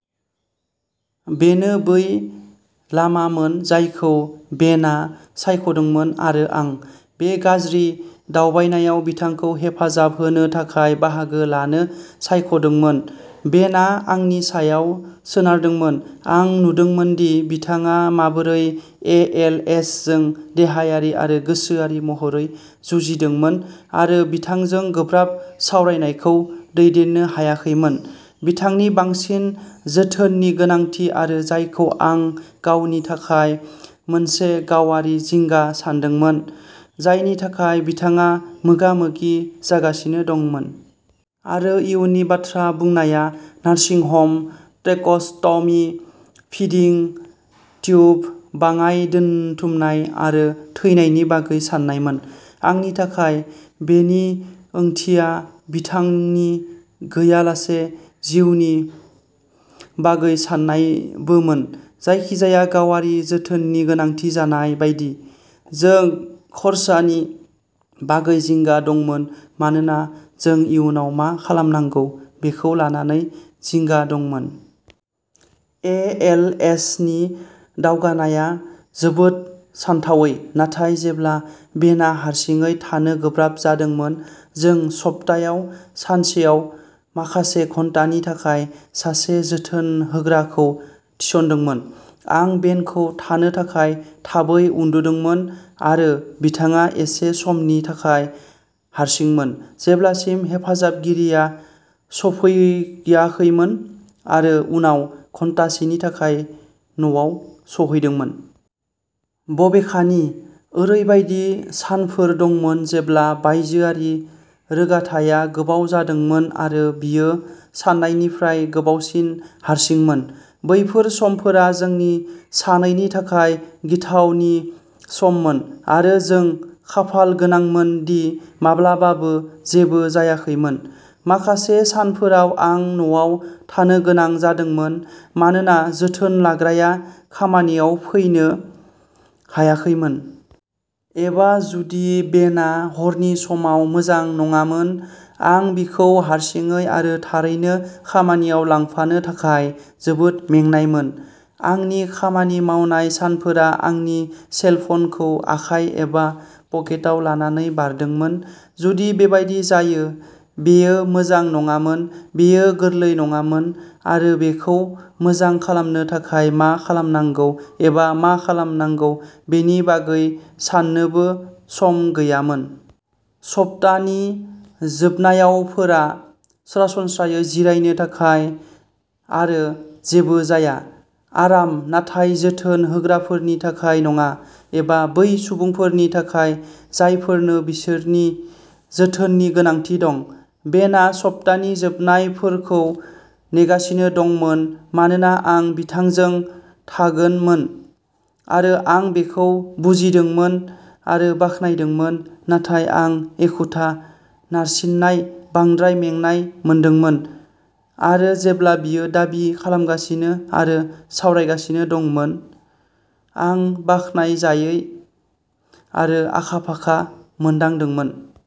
बेनो बै लामामोन जायखौ बेनआ सायख'दोंमोन आरो आं। बे गाज्रि दावबायनायाव बिथांखौ हेफाजाब होनो थाखाय बाहागो लानो सायख'दोंमोन। बेनआ आंनि सायाव सोनारदोंमोन। आं नुदोंमोनदि बिथाङा माबोरै ए. एल. एस. जों देहायारि आरो गोसोआरि महरै जुजिदोंमोन आरो बिथांजों गोब्राब सावरायनायखौ दैदेननो हायाखैमोन, बिथांनि बांसिन जोथोननि गोनांथि आरो जायखौ आं गावनि थाखाय मोनसे गावआरि जिंगा सान्दोंमोन, जायनि थाखाय बिथाङा मोगा-मोगि जागासिनो दंमोन। आरो, इयुननि बाथ्रा बुंनाया nursing home, tracheostomy, feeding tube, बाङाइ दोनथुमनाय आरो थैनायनि बागै सान्नायमोन। आंनि थाखाय, बेनि ओंथिया बिथांनि गैयालासे जिउनि बागै सान्नायबोमोन। जायखिजाया गावारि जोथोननि गोनांथि जानाय बायदि, जों खरसानि बागै जिंगा दंमोन मानोना जों इयुनाव मा खालामनांगौ बेखौ लानानै जिंगा दंमोन। ए. एल. एस. नि दावगानायआ जोबोद सानथावै। नाथाय, जेब्ला बेनआ हारसिङै थानो गोब्राब जादोंमोन, जों सप्तायाव सानसेयाव माखासे घन्टानि थाखाय सासे जोथोनहोग्राखौ थिसनदोंमोन। आं बेनखौ थानो थाखाय थाबै उन्दुदोंमोन आरो बिथाङा एसे समनि थाखाय हारसिंमोन जेब्लासिम हेफाजाबगिरिया सौफैाखैमोन आरो उनाव घन्टासेनि थाखाय न'आव सौहैदोंमोन। बबेखानि, ओरैबायदि सानफोर दंमोन जेब्ला रायजोआरि रोगाथाइआ गोबाव जादोंमोन आरो बियो सान्नायनिफ्राय गोबावसिन हारसिंमोन। बैफोर समफोरा जोंनि सानैनि थाखाय गिथावनि सममोन, आरो जों खाफालगोनांमोन दि माब्लाबाबो जेबो जायाखैमोन। माखासे सानफोराव आं न'आव थानो गोनां जादोंमोन मानोना जोथोन लाग्राया खामानियाव फैनो हायाखैमोन। एबा, जुदि बेनआ हरनि समाव मोजां नङामोन, आं बिखौ हारसिङै आरो थारैनो, खामानियाव लांफानो थाखाय जोबोद मेंनायमोन। आंनि खामानि मावनाय सानफोरा आंनि सेल फ'नखौ आखाइ एबा पकेटआव लानानै बारदोंमोन, जुदि बेबादि जायो। बेयो मोजां नङामोन, बेयो गोरलै नङामोन, आरो बेखौ मोजां खालामनो थाखाय मा खालामनांगौ एबा मा खालामनांगौ बेनि बागै साननोबो सम गैयामोन। सप्तानि जोबनायावफोरा सरासनस्रायै जिरायनो थाखाय आरो जेबो जाया। आराम, नाथाय जोथोन होग्राफोरनि थाखाय नङा, एबा बै सुबुंफोरनि थाखाय जायफोरनो बिसोरनि जोथोननि गोनांथि दं। बेनआ सप्तानि जोबनायफोरखौ नेगासिनो दंमोन मानोना आं बिथांजों थागोनमोन, आरो आं बेखौ बुजिदोंमोन आरो बाख्नायदोंमोन, नाथाय आं एखुथा, नारसिननाय, बांद्राय मेंनाय मोनदोंमोन, आरो जेब्ला बियो दाबि खालामगासिनो आरो सावरायगासिनो दंमोन, आं बाखनायजायै आरो आखा-फाखा मोनदांदोंमोन।